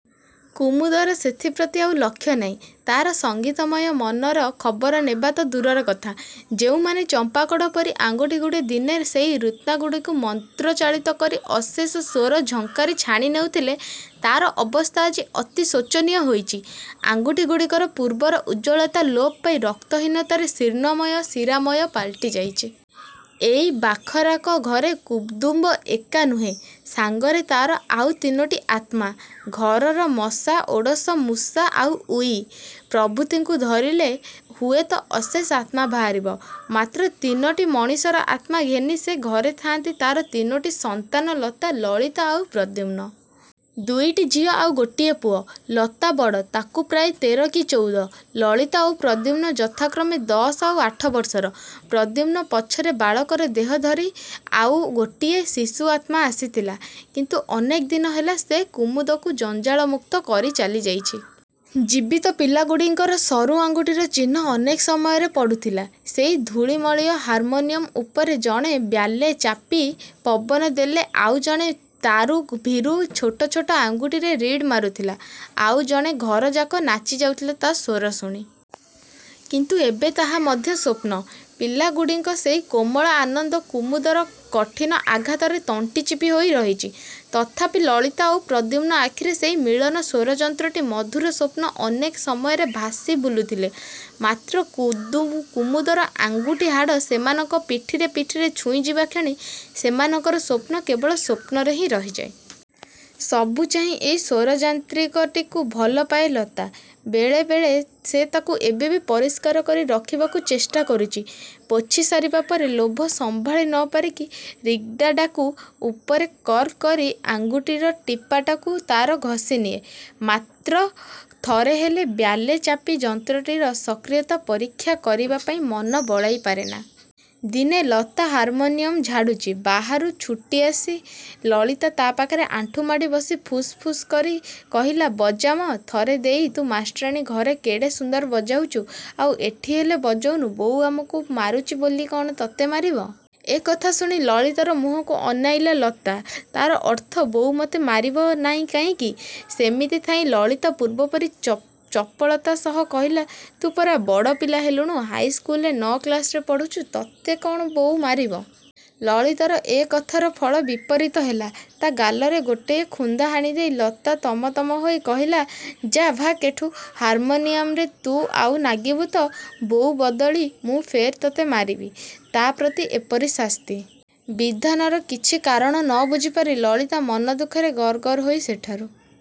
କୁମୁଦର ସେଥିପ୍ରତି ଆଉ ଲକ୍ଷ୍ୟ ନାହିଁ। ତାର ସଙ୍ଗୀତମୟ ମନର ଖବର ନେବା ତ ଦୂରର କଥା, ଯେଉଁ ଚମ୍ପାକଢ଼ ପରି ଆଙ୍ଗୁଠିଗୁଡ଼ିକ ଦିନେ ସେଇ ରିଡ଼୍ଗୁଡ଼ାକୁ ମନ୍ତ୍ରଚାଳିତ କରି ଅଶେଷ ସ୍ଵର-ଝଙ୍କାର ଛାଣି ନେଉଥିଲା, ତାର ଅବସ୍ଥା ଆଜି ଅତି ଶୋଚନୀୟ ହୋଇଚି। ଆଙ୍ଗୁଠିଗୁଡ଼ିକର ପୂର୍ବର ଉଜ୍ଜ୍ଵଳତା ଲୋପ ପାଇ ରକ୍ତହୀନତାରେ ଶୀର୍ଣ୍ଣ ଶିରାମୟ ପାଲଟିଛି। ଏଇ ବାଖରାକ ଘରେ କୁମୁଦ ଏକା ନୁହେଁ; ସାଙ୍ଗରେ ତାର ଆଉ ତିନୋଟି ଆତ୍ମା। ଘରର ମଶା, ଓଡ଼ଶ, ମୂଷା ଆଉ ଉଇ ପ୍ରଭୃତିଙ୍କୁ ଧରିଲେ ହୁଏ ତ ଅଶେଷ ଆତ୍ମା ବାହାରିବେ। ମାତ୍ର ତିନୋଟି ମଣିଷର ଆତ୍ମା ଘେନି ସେ ଘରେ ଥାନ୍ତି ତାର ତିନୋଟି ସନ୍ତାନ–ଲତା, ଲଳିତା ଆଉ ପ୍ରଦ୍ୟୁମ୍ନ। ଦୁଇଟି ଝିଅ ଆଉ ଗୋଟିଏ ପୁଅ। ଲତା ବଡ଼, ତାକୁ ପ୍ରାୟ ତେର କି ଚୌଦ। ଲଳିତା ଆଉ ପ୍ରଦ୍ୟୁମ୍ନ ଯଥାକ୍ରମେ ଦଶ ଆଉ ଆଠ ବର୍ଷର। ପ୍ରଦ୍ୟୁମ୍ନ ପଛରେ ବାଳକର ଦେହ ଧରି ଆଉ ଗୋଟିଏ ଶିଶୁଆତ୍ମା ଆସିଥିଲା; କିନ୍ତୁ ଅନେକ ଦିନ ହେଲା ସେ କୁମୁଦକୁ ଜଞ୍ଜାଳମୁକ୍ତ କରି ଚାଲିଯାଇଚି। ଜୀବିତ ପିଲାଗୁଡ଼ାଙ୍କର ସରୁ ଆଙ୍ଗୁଠିର ଚିହ୍ନ ଅନେକ ସମୟରେ ପଡ଼ୁଥିଲା ସେଇ ଧୂଳିମଳିନ ହାରମୋନିୟମ ଉପରେ। ଜଣେ ବ୍ୟାଲୋ ଚାପି ପବନ ଦେଲେ ଆଉ ଜଣେ ତାର ଭୀରୁ ଛୋଟ ଛୋଟ ଆଙ୍ଗୁଠିରେ ରିଡ଼୍ ମାଡ଼ୁଥିଲା। ଆଉ ଜଣେ ଘରଯାକ ନାଚିଯାଉଥିଲା ତାର ସ୍ଵର ଶୁଣି। କିନ୍ତୁ ଏବେ ତାହା ମଧ୍ୟ ସ୍ଵପ୍ନ। ପିଲାଗୁଡ଼ାଙ୍କର ସେଇ କୋମଳ ଆନନ୍ଦ କୁମୁଦର କଠିନ ଆଘାତରେ ତଣ୍ଟି ଚିପିହେଇ ରହିଚି। ତଥାପି ଲଳିତା ଆଉ ପ୍ରଦ୍ୟୁମ୍ନ ଆଖିରେ ସେଇ ମଳିନ ସ୍ୱରଯନ୍ତ୍ରଟିର ମଧୁର ସ୍ଵପ୍ନ ଅନେକ ସମୟରେ ଭାସି ଭାସିବୁଲେ। ମାତ୍ର କୁମୁଦର ଆଙ୍ଗୁଠି ହାଡ଼ ସେମାନଙ୍କ ପିଠିରେ ପିଠିରେ ଛୁଇଁଯିବାକ୍ଷଣି ସେମାନଙ୍କର ସ୍ଵପ୍ନ କେବଳ ସ୍ୱପ୍ନରେ ହିଁ ରହିଯାଏ। ସବୁଚାହିଁ ସେଇ ସ୍ଵରଯନ୍ତ୍ରଟିକି ଭଲପାଏ ଲତା। ବେଳେବେଳେ ସେ ତାକୁ ଏବେ ପରିଷ୍କାର କରି ରଖିବାର ଚେଷ୍ଟାକରୁଚି। ପୋଛିସାରିବା ପରେ ଲୋଭ ସମ୍ଭାଳି ନ ପାରି ରିଡ଼୍ଗୁଡ଼ାକ ଉପରେ କର୍ର କରି ଆଙ୍ଗୁଠିର ଟିପଟାକୁ ତାର ଘଷିନିଏ। ମାତ୍ର ଥରେ ହେଲେ ବ୍ୟାଲୋ ଚାପି ଯନ୍ତ୍ରଟିର ସକ୍ରିୟତା ପରୀକ୍ଷା କରିବା ପାଇଁ ମନ ବଳାଇ ପାରେ ନା। ଦିନେ ଲତା ହାରମୋନିୟମ ଝାଡ଼ୁଚି, ବାହାରୁ ଛୁଟିଆସି ଲଳିତା ତା ପାଖରେ ଆଣ୍ଠୁମାଡ଼ି ବସି ଫୁସ୍ ଫୁସ୍ କରି କହିଲା–ବଜା ମ ଥରେ ଦେଈ, ତୁ ମାଷ୍ଟ୍ରାଣୀ ଘରେ କେଡ଼େ ସୁନ୍ଦର ବାଜଉଚୁ... ଆଉ ଏଠି ଥରେ ହେଲେ ବଜଉନୁ! ବୋଉ ଆମକୁ ମାରୁଚି ବିଲି କଣ ତତେ ମାରିବ! ଏ କଥା ଶୁଣି ଲଳିତାର ମୁହଁକୁ ଅନେଇଲା ଲତା–ତାର ଅର୍ଥ ବୋଉ ମତେ ମାରିବ ନେଇ କାଇଁକି? ସେମିତି ଥାଇଁ ଲଳିତା ପୂର୍ବପରି ଚପଳତା ସହ କହିଲା ତୁ ପରା ବଡ଼ ପିଲା ହେଲୁଣୁ। ହାଇସ୍କୁଲରେ ନଅ କ୍ଲାସରେ ପଢ଼ୁଚୁ... ତତେ କଣ ଆଉ ବୋଉ ମାରିବ! ଲଳିତାର ଏ କଥାର ଫଳ ବିପରୀତ ହେଲା। ତା ଗାଲରେ ଗୋଟାଏ ଖୁନ୍ଦା ହାଣିଦେଇ ଲତା ତମ ତମ ହେଇ କହିଲା–ଯା, ଭାକ୍ ଏଠୁ। ହାରମାନିଆରେ ତୁ ଆଉ ନାଗିବୁ ତ ବୋଉ ବଦଳି ମୁଁ ଫେର୍ ତତେ ମାରିବି। ତା ପ୍ରତି ଏପରି ଶାସ୍ତି ବିଧାନର କିଛି କାରଣ ବୁଝି ନ ପାରି ଲଳିତା ମନ ଦୁଃଖରେ ଗର୍ ଗର୍ ହେଇ ସେଠାରୁ